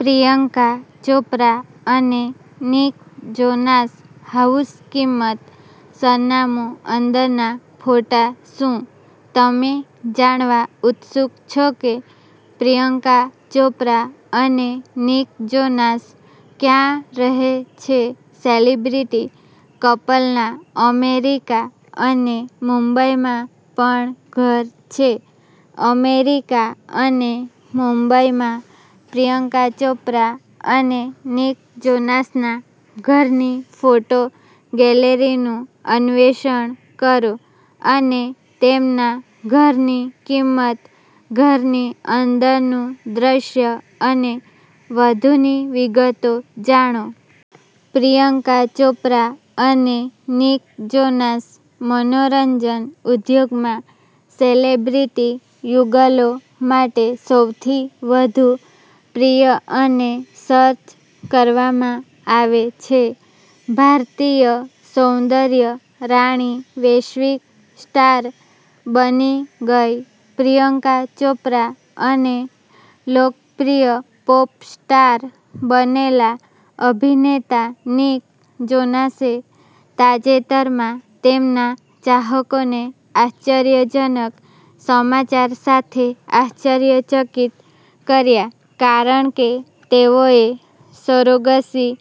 પ્રિયંકા ચોપરા અને Nick Jonas house કિંમત, સરનામું, અંદરના ફોટા શું તમે જાણવા ઉત્સુક છો કે પ્રિયંકા ચોપરા અને નિક જોનાસ ક્યાં રહે છે? સેલિબ્રિટી કપલના અમેરિકા અને મુંબઈમાં પણ ઘર છે. અમેરિકા અને મુંબઈમાં પ્રિયંકા ચોપરા અને નિક જોનાસના ઘરની ફોટો ગેલેરીનું અન્વેષણ કરો અને તેમના ઘરની કિંમત, ઘરની અંદરનું દૃશ્ય અને વધુની વિગતો જાણો. પ્રિયંકા ચોપરા અને નિક જોનાસ મનોરંજન ઉદ્યોગમાં સેલિબ્રિટી યુગલો માટે સૌથી વધુ પ્રિય અને સર્ચ કરવામાં આવે છે. ભારતીય સૌંદર્ય રાણી વૈશ્વિક સ્ટાર બની ગઈ પ્રિયંકા ચોપરા અને લોકપ્રિય પોપ સ્ટાર બનેલા અભિનેતા નિક જોનાસે તાજેતરમાં તેમના ચાહકોને આશ્ચર્યજનક સમાચાર સાથે આશ્ચર્યચકિત કર્યા કારણ કે તેઓએ સરોગસી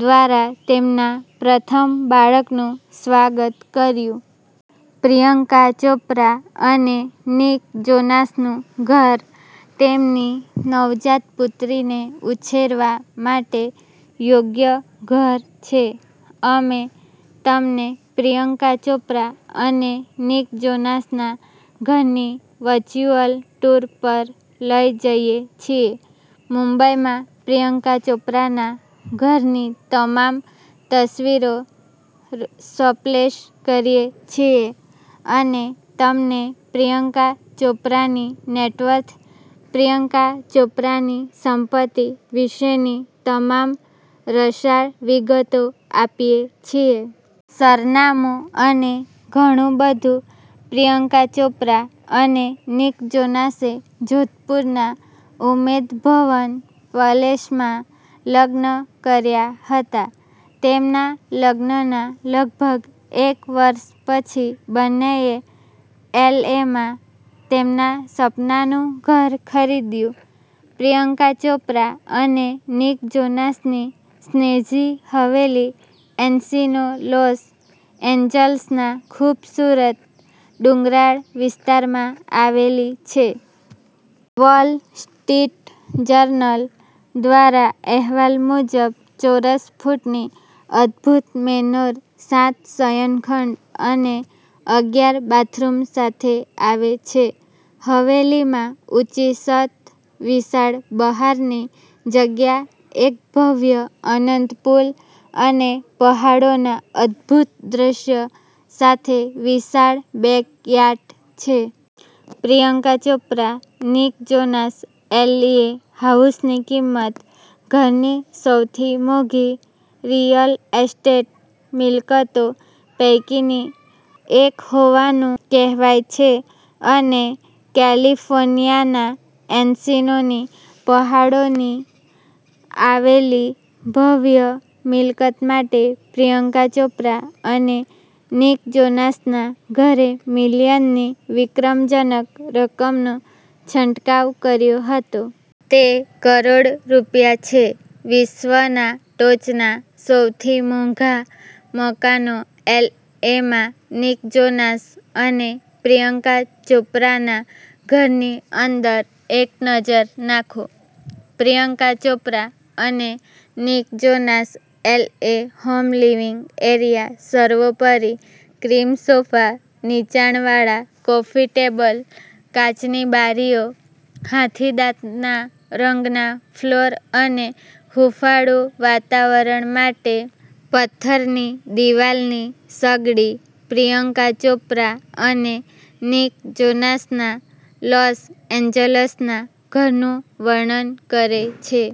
દ્વારા તેમના પ્રથમ બાળકનું સ્વાગત કર્યું. પ્રિયંકા ચોપરા અને નિક જોનાસનું ઘર તેમની નવજાત પુત્રીને ઉછેરવા માટે યોગ્ય ઘર છે. અમે તમને પ્રિયંકા ચોપરા અને નિક જોનાસના ઘરની વર્ચ્યુઅલ ટૂર પર લઈ જઈએ છીએ, મુંબઈમાં પ્રિયંકા ચોપરાના ઘરની તમામ તસવીરો સ્પ્લેશ કરીએ છીએ અને તમને પ્રિયંકા ચોપરાની નેટવર્થ, પ્રિયંકા ચોપરાની સંપત્તિ વિશેની તમામ રસાળ વિગતો આપીએ છીએ. સરનામું અને ઘણું બધું. પ્રિયંકા ચોપરા અને નિક જોનાસે જોધપુરના ઉમેદ ભવન પેલેસમાં લગ્ન કર્યા હતા. તેમના લગ્નના લગભગ એક વર્ષ પછી બંનેએ એલએમાં તેમના સપનાનું ઘર ખરીદ્યું. પ્રિયંકા ચોપરા અને નિક જોનાસની સ્નેઝી હવેલી એન્સિનો લોસ એન્જલસના ખૂબસૂરત ડુંગરાળ વિસ્તારમાં આવેલી છે. વોલ સ્ટ્રીટ જર્નલ દ્વારા અહેવાલ મુજબ, ચોરસ ફૂટની અદભૂત મેનોર સાત શયનખંડ અને અગિયાર બાથરૂમ સાથે આવે છે. હવેલીમાં ઊંચી છત, વિશાળ બહારની જગ્યા, એક ભવ્ય અનંત પૂલ અને પહાડોના અદભૂત દૃશ્ય સાથે વિશાળ બેકયાર્ડ છે. Priyanka Chopra Nick Jonas L હાઉસની કિંમત ઘરની સૌથી મોંઘી રિયલ એસ્ટેટ મિલકતો પૈકીની એક હોવાનું કહેવાય છે અને કેલિફોર્નિયાના એન્સિનોની પહાડોમાં આવેલી ભવ્ય મિલકત માટે પ્રિયંકા ચોપરા અને નિક જોનાસના ઘરે મિલિયનની વિક્રમજનક રકમનો છંટકાવ કર્યો હતો. તે કરોડ રૂપિયા છે. વિશ્વના ટોચના સૌથી મોંઘા મકાનો એલએમાં નિક જોનાસ અને પ્રિયંકા ચોપરાના ઘરની અંદર એક નજર નાખો. પ્રિયંકા ચોપરા અને Nick Jonas LA home living area સર્વોપરી ક્રીમ સોફા, નીચાણ વાળા કોફી ટેબલ, કાચની બારીઓ, હાથીદાંતના રંગના ફ્લોર અને હૂંફાળું વાતાવરણ માટે પથ્થરની દીવાલની સગડી પ્રિયંકા ચોપરા અને નિક જોનાસના લોસ એન્જલસના ઘરનું વર્ણન કરે છે.